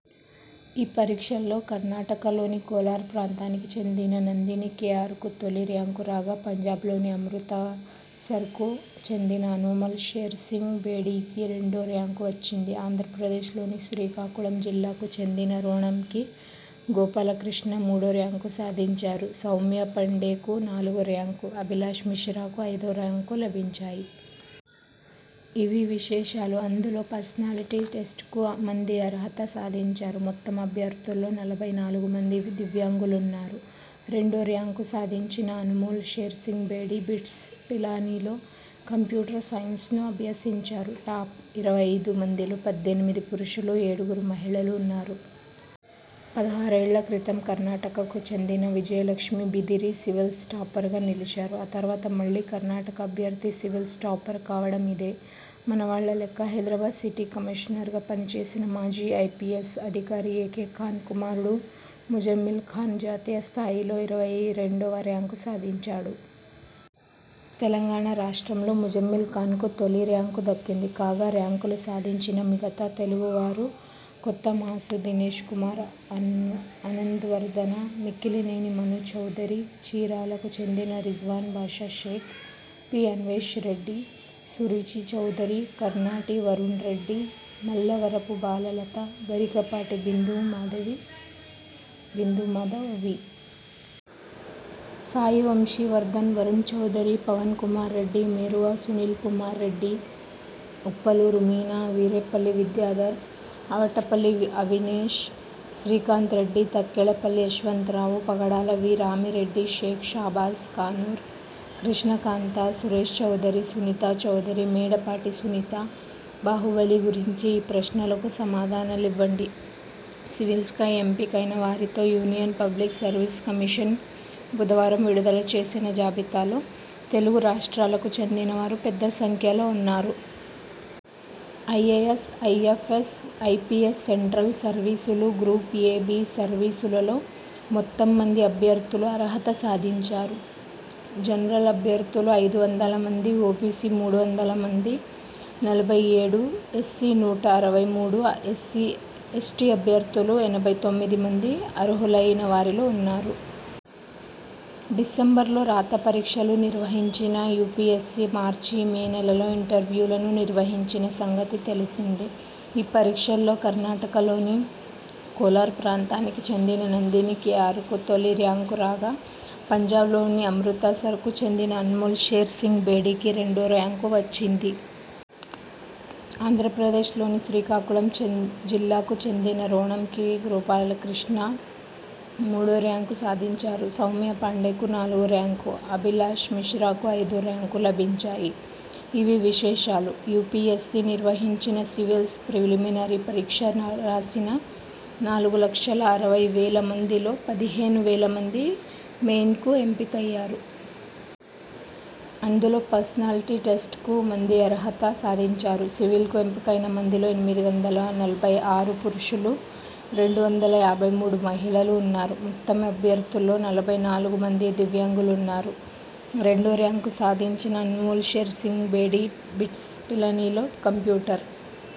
ఈ పరీక్షల్లో కర్ణాటక లోని కోలార్ ప్రాంతానికి చెందిన నందిని కేఆర్కు తొలి ర్యాంకు రాగా పంజాబ్లోని అమృతసర్కు చెందిన అనమోల్ షేర్ సింగ్ బేడీకి రెండో ర్యాంకు వచ్చింది. ఆంధ్రప్రదేశలోని శ్రీకాకుళం జిల్లాకు చెందిన రోణంకి గోపాలకృష్ణ మూడో ర్యాంకు సాధించారు. సౌమ్య పాండేకు నాలుగో ర్యాంకు, అభిలాశ్ మిశ్రాకు ఐదో ర్యాంకు లభించాయి. ఇవీ విశేషాలు అందులో పర్సనాలిటీ టెస్ట్కు మంది అర్హత సాధించారు. మొత్తం అభ్యర్థుల్లో నలభై నాలుగు మంది దివ్యాంగులున్నారు. రెండో ర్యాంకు సాధించిన అనుమోల్ షేర్ సింగ్ బేడీ బిట్స్, పిలానీలో కంప్యూటర్ సైన్స్ను అభ్యసించారు. టాప్ ఇరవై ఐదు మందిలో పద్దెనిమిది పురుషులు, ఏడుగురు మహిళలు ఉన్నారు. పదహారేళ్ల క్రితం కర్ణాటకకు చెందిన విజయలక్ష్మి బిదరి సివిల్స్ టాపర్గా నిలిచారు. ఆ తర్వాత మళ్లీ కర్ణాటక అభ్యర్థి సివిల్స్ టాపర్ కావడం ఇదే. మనవాళ్ల లెక్క హైదరాబాద్ సిటీ కమిషనర్గా పనిచేసిన మాజీ ఐపీఎస్ అధికారి ఏకే ఖాన్ కుమారుడు ముజామిల్ ఖాన్ జాతీయస్థాయిలో ఇరవై రెండవ ర్యాంకు సాధించాడు. తెలంగాణ రాష్ట్రంలో ముజామిల్ ఖాన్కు తొలిర్యాంకు దక్కింది. కాగా ర్యాంకులు సాధించిన మిగతా తెలుగు వారు కొత్త మాసు దినేశ్కుమార్, ఆనంద్వర్ధన, మిక్కిలినేని మను చౌదరి, చీరాలకు చెందిన Rizwan Basha Shaik, P. Anvesha Reddy, Suruchi Chowdary, Karnati Varun Reddy, Mallavarapu Bala Latha, Garikapati Bindu Madhav, V. Sai Vamsi Vardhana, Varun Chowdary, Pavan Kumar Reddy, Meruva Sunil Kumar Reddy, Uppaluru Meena, Veerepalli Vidyadhar, Avatapalli Avinash, Srikantha Reddy, Takkellapalli Yashwantha Rao, Pagadala V. Rami Reddy, Shaik Shabas Kanur, Krishnakantha, Suresh Chowdary, Sunitha Chowdary, Medapati Sunitha. Baahubali గురించి ఈ ప్రశ్నలకు సమాధానాలివ్వండి సివిల్స్కు ఎంపికైన వారితో యూనియన్ పబ్లిక్ సర్వీస్ కమిషన్ బుధవారం విడుదల చేసిన జాబితాలో తెలుగు రాష్ట్రాలకు చెందిన వారు పెద్ద సంఖ్యలో ఉన్నారు. ఐఏఎస్, ఐఎ్ఫఎస్, ఐపీఎస్, సెంట్రల్ సర్వీసులు, గ్రూప్ ఎ, బి సర్వీసులలో మొత్తం మంది అభ్యర్థులు అర్హత సాధించారు. జనరల్ అభ్యర్థులు ఐదు వందల మంది, ఓబీసీ మూడు వందల నలభై ఏడు, ఎస్సీ నూట అరవై మూడు, ఎస్టీ అభ్యర్థులు ఎనభై తొమ్మిది మంది అర్హులైన వారిలో ఉన్నారు. డిసెంబరులో రాత పరీక్షలు నిర్వహించిన యూపీఎస్సీ మార్చి మే నెలల్లో ఇంటర్యూలను నిర్వహించిన సంగతి తెలిసిందే. ఈ పరీక్షల్లో కర్ణాటకలోని కోలార్ ప్రాంతానికి చెందిన నందిని కేఆర్కు తొలి ర్యాంకు రాగా పంజాబ్లోని అమృతసర్కు చెందిన అనమోల్ షేర్ సింగ్ బేడీకి రెండో ర్యాంకు వచ్చింది. ఆంధ్రప్రదేశలోని శ్రీకాకుళం జిల్లాకు చెందిన రోణంకి గోపాలకృష్ణ మూడో ర్యాంకు సాధించారు. సౌమ్య పాండేకు నాలుగో ర్యాంకు, అభిలాశ్ మిశ్రాకు ఐదో ర్యాంకు లభించాయి. ఇవీ విశేషాలు యూపీఎస్సీ నిర్వహించిన సివిల్స్ ప్రిలిమినరీ పరీక్ష రాసిన నాలుగు లక్షల అరవై వేల మందిలో పదిహేను వేల మంది మెయిన్స్కు ఎంపికయ్యారు. అందులో పర్సనాలిటీ టెస్ట్కు మంది అర్హత సాధించారు. సివిల్స్కు ఎంపికైన మందిలో ఎనిమిది వందల నలభై ఆరు పురుషులు, రెండు వందల యాభై మూడు మహిళలు ఉన్నారు. మొత్తం అభ్యర్థుల్లో నలభై నాలుగు మంది దివ్యాంగులున్నారు. రెండో ర్యాంకు సాధించిన అనుమోల్ షేర్ సింగ్ బేడీ బిట్స్, పిలానీలో కంప్యూటర్